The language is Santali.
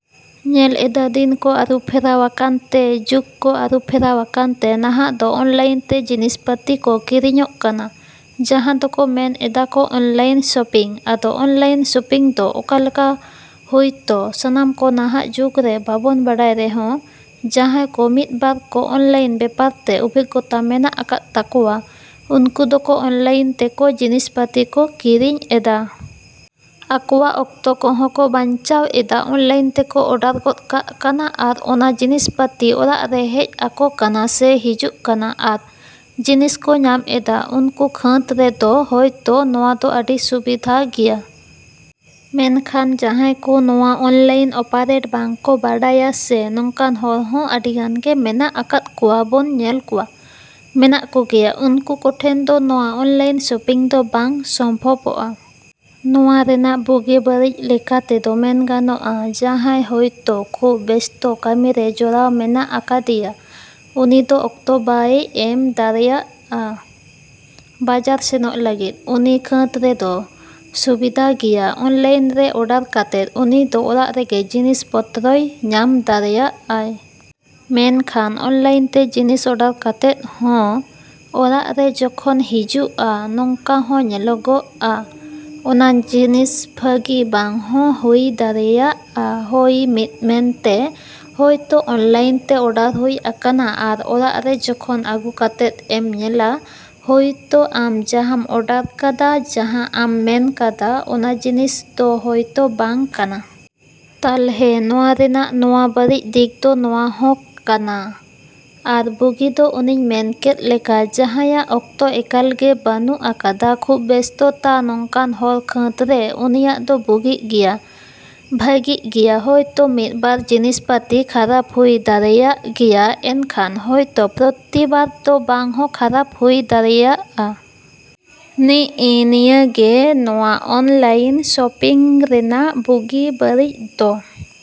‎ᱧᱮᱞ ᱮᱫᱟ ᱫᱤᱱ ᱠᱚ ᱟᱹᱨᱩ ᱯᱷᱮᱨᱟᱣ ᱟᱠᱟᱱ ᱛᱮ ᱡᱩᱜᱽ ᱠᱚ ᱟᱹᱨᱩ ᱯᱷᱮᱨᱟᱣ ᱟᱠᱟᱱ ᱛᱮ ᱱᱟᱦᱟᱜ ᱫᱚ ᱚᱱᱞᱟᱭᱤᱱ ᱛᱮ ᱡᱤᱱᱤᱥ ᱯᱟᱛᱤ ᱠᱚ ᱠᱤᱨᱤᱧᱚᱜ ᱠᱟᱱᱟ ᱡᱟᱦᱟᱸ ᱫᱚᱠᱚ ᱢᱮᱱ ᱮᱫᱟᱠᱚ ᱚᱱᱞᱟᱭᱤᱱ ᱥᱚᱯᱤᱝ᱾ ᱟᱫᱚ ᱚᱱᱞᱟᱭᱤᱱ ᱥᱚᱯᱤᱝ ᱫᱚ ᱚᱠᱟ ᱞᱮᱠᱟ ᱦᱳᱭ ᱛᱚ ᱥᱟᱱᱟᱢ ᱠᱚ ᱱᱟᱦᱟᱜ ᱡᱩᱜᱽ ᱨᱮ ᱵᱟᱵᱚᱱ ᱵᱟᱰᱟᱭ ᱨᱮᱦᱚᱸ ᱡᱟᱦᱟᱸᱭ ᱠᱚ ᱢᱤᱫ ᱵᱟᱨ ᱠᱚ ᱚᱱᱞᱟᱭᱤᱱ ᱵᱮᱯᱟᱨ ᱛᱮ ᱚᱵᱷᱤᱜᱽᱜᱚᱛᱟ ᱢᱮᱱᱟᱜ ᱟᱠᱟᱫ ᱛᱟᱠᱚᱣᱟ ᱩᱱᱠᱩ ᱫᱚᱠᱚ ᱚᱱᱞᱟᱭᱤᱱ ᱛᱮ ᱠᱚ ᱡᱤᱱᱤᱥ ᱯᱟᱛᱤ ᱠᱚ ᱠᱤᱨᱤᱧ ᱮᱫᱟ᱾ ᱟᱠᱚᱣᱟᱜ ᱚᱠᱛᱚ ᱠᱚᱦᱚᱸ ᱠᱚ ᱵᱟᱸᱧᱪᱟᱣ ᱮᱫᱟ᱾ ᱚᱱᱞᱟᱭᱤᱱ ᱛᱮᱠᱚ ᱚᱰᱟᱨ ᱜᱚᱫ ᱠᱟᱜ ᱠᱟᱱᱟ ᱟᱨ ᱚᱱᱟ ᱡᱤᱱᱤᱥ ᱯᱟᱛᱤ ᱚᱲᱟᱜ ᱨᱮ ᱦᱮᱡ ᱟᱠᱚ ᱠᱟᱱᱟ ᱥᱮ ᱦᱤᱡᱩᱜ ᱠᱟᱱᱟ᱾ ᱟᱨ ᱡᱤᱱᱤᱥ ᱠᱚ ᱧᱟᱢ ᱮᱫᱟ ᱩᱱᱠᱩ ᱠᱷᱟᱹᱫᱽ ᱨᱮ ᱫᱚ ᱦᱳᱭᱛᱚ ᱱᱚᱣᱟ ᱫᱚ ᱟᱹᱰᱤ ᱥᱩᱵᱤᱫᱷᱟ ᱜᱮᱭᱟ᱾ ᱢᱮᱱᱠᱷᱟᱱ ᱡᱟᱦᱟᱸᱭ ᱠᱚ ᱱᱚᱣᱟ ᱚᱱᱞᱟᱭᱤᱱ ᱚᱯᱟᱨᱮᱴ ᱵᱟᱝ ᱠᱚ ᱵᱟᱰᱟᱭᱟ ᱥᱮ ᱱᱚᱝᱠᱟᱱ ᱦᱚᱲ ᱦᱚᱸ ᱟᱹᱰᱤ ᱜᱟᱱ ᱜᱮ ᱢᱮᱱᱟᱜ ᱟᱠᱟᱫ ᱠᱚᱣᱟ᱾ ᱵᱚᱱ ᱧᱮᱞ ᱠᱚᱣᱟ ᱢᱮᱱᱟᱜ ᱠᱚᱜᱮᱭᱟ ᱩᱱᱠᱩ ᱠᱚᱴᱷᱮᱱ ᱫᱚ ᱱᱚᱣᱟ ᱚᱱᱞᱟᱭᱤᱱ ᱥᱚᱯᱤᱝ ᱫᱚ ᱵᱟᱝ ᱥᱚᱢᱵᱷᱚᱵᱚᱜᱼᱟ᱾ ᱱᱚᱣᱟ ᱨᱮᱱᱟᱜ ᱵᱩᱜᱤ ᱵᱟᱹᱲᱤᱡ ᱞᱮᱠᱟ ᱛᱮᱫᱚ ᱢᱮᱱ ᱜᱟᱱᱚᱜᱼᱟ ᱡᱟᱦᱟᱸᱭ ᱦᱳᱭᱛᱚ ᱠᱷᱩᱵ ᱵᱮᱥᱛᱚ ᱠᱟᱹᱢᱤ ᱨᱮ ᱡᱚᱲᱟᱣ ᱢᱮᱱᱟᱜ ᱟᱠᱟᱫᱮᱭᱟ ᱩᱱᱤ ᱫᱚ ᱚᱠᱛᱚ ᱵᱟᱭ ᱮᱢ ᱫᱟᱲᱮᱭᱟᱜᱼᱟ ᱵᱟᱡᱟᱨ ᱥᱮᱱᱚᱜ ᱞᱟᱹᱜᱤᱫ ᱩᱱᱤ ᱠᱷᱟᱹᱫᱽ ᱨᱮᱫᱚ ᱥᱩᱵᱤᱫᱷᱟ ᱜᱮᱭᱟ᱾ ᱚᱱᱞᱟᱭᱤᱱ ᱨᱮ ᱚᱰᱟᱨ ᱠᱟᱛᱮᱫ ᱩᱱᱤ ᱫᱚ ᱚᱲᱟᱜ ᱨᱮᱜᱮ ᱡᱤᱱᱤᱥ ᱯᱚᱛᱨᱚᱭ ᱧᱟᱢ ᱫᱟᱲᱮᱭᱟᱜᱼᱟᱭ᱾ ᱢᱮᱱ ᱠᱷᱟᱱ ᱚᱱᱞᱟᱭᱤᱱ ᱛᱮ ᱡᱤᱱᱤᱥ ᱚᱰᱟᱨ ᱠᱟᱛᱮᱫ ᱦᱚᱸ ᱚᱲᱟᱜ ᱨᱮ ᱡᱚᱠᱷᱚᱱ ᱦᱤᱡᱩᱜᱼᱟ ᱱᱚᱝᱠᱟ ᱦᱚᱸ ᱧᱮᱞᱚᱜᱚᱜᱼᱟ ᱚᱱᱟ ᱡᱤᱱᱤᱥ ᱵᱷᱟᱹᱜᱤ ᱵᱟᱝ ᱦᱚᱸ ᱦᱩᱭ ᱫᱟᱲᱮᱭᱟᱜᱼᱟ ᱦᱳᱭ ᱢᱤᱫ ᱢᱮᱱ ᱛᱮ ᱦᱳᱭ ᱛᱚ ᱚᱱᱞᱟᱭᱤᱱ ᱛᱮ ᱚᱰᱟᱨ ᱦᱩᱭ ᱟᱠᱟᱱᱟ ᱟᱨ ᱚᱲᱟᱜ ᱨᱮ ᱡᱚᱠᱷᱚᱱ ᱟᱜᱩ ᱠᱟᱛᱮᱫ ᱮᱢ ᱧᱮᱞᱟ ᱦᱳᱭ ᱛᱚ ᱟᱢ ᱡᱟᱦᱟᱸᱢ ᱚᱰᱟᱨ ᱠᱟᱫᱟ ᱡᱟᱦᱟᱸ ᱟᱢ ᱢᱮᱱ ᱠᱟᱫᱟ ᱚᱱᱟ ᱡᱤᱱᱤᱥ ᱫᱚ ᱦᱳᱭ ᱛᱚ ᱵᱟᱝ ᱠᱟᱱᱟ᱾ ᱛᱟᱞᱦᱮ ᱱᱚᱣᱟ ᱨᱮᱱᱟᱜ ᱱᱚᱣᱟ ᱵᱟᱹᱲᱤᱡ ᱫᱤᱠ ᱫᱚ ᱱᱚᱣᱟ ᱦᱚᱸ ᱠᱟᱱᱟ᱾ ᱟᱨ ᱵᱩᱜᱤ ᱫᱚ ᱚᱱᱮᱧ ᱢᱮᱱ ᱠᱮᱫ ᱞᱮᱠᱟ᱾ ᱡᱟᱦᱟᱸᱭᱟᱜ ᱚᱠᱛᱚ ᱮᱠᱟᱞ ᱜᱮ ᱵᱟᱹᱱᱩᱜ ᱟᱠᱟᱫᱟ ᱠᱷᱩᱵ ᱵᱮᱥᱛᱚ ᱛᱟ ᱱᱚᱝᱠᱟᱱ ᱦᱚᱲ ᱠᱷᱟᱹᱫᱽ ᱨᱮ ᱩᱱᱤᱭᱟᱜ ᱫᱚ ᱵᱩᱜᱤᱜ ᱜᱮᱭᱟ ᱵᱷᱟᱹᱜᱤ ᱜᱮᱭᱟ ᱦᱳᱭ ᱛᱚ ᱢᱤᱫ ᱵᱟᱨ ᱡᱤᱱᱤᱥ ᱯᱟᱛᱤ ᱠᱷᱟᱨᱟᱯ ᱦᱩᱭ ᱫᱟᱲᱮᱭᱟᱜ ᱜᱮᱭᱟ ᱮᱱᱠᱷᱟᱱ ᱦᱳᱭᱛᱚ ᱯᱨᱚᱛᱤᱵᱟᱨ ᱫᱚ ᱵᱟᱝ ᱦᱚᱸ ᱠᱷᱟᱨᱟᱯ ᱦᱩᱭ ᱫᱟᱲᱮᱭᱟᱜᱼᱟ᱾ ᱱᱤᱜ ᱤ ᱱᱤᱭᱟᱹ ᱜᱮ ᱱᱚᱣᱟ ᱚᱱᱞᱟᱭᱤᱱ ᱥᱚᱯᱤᱝ ᱨᱮᱱᱟᱜ ᱵᱩᱜᱤ ᱵᱟᱹᱲᱤᱡ ᱫᱚ᱾।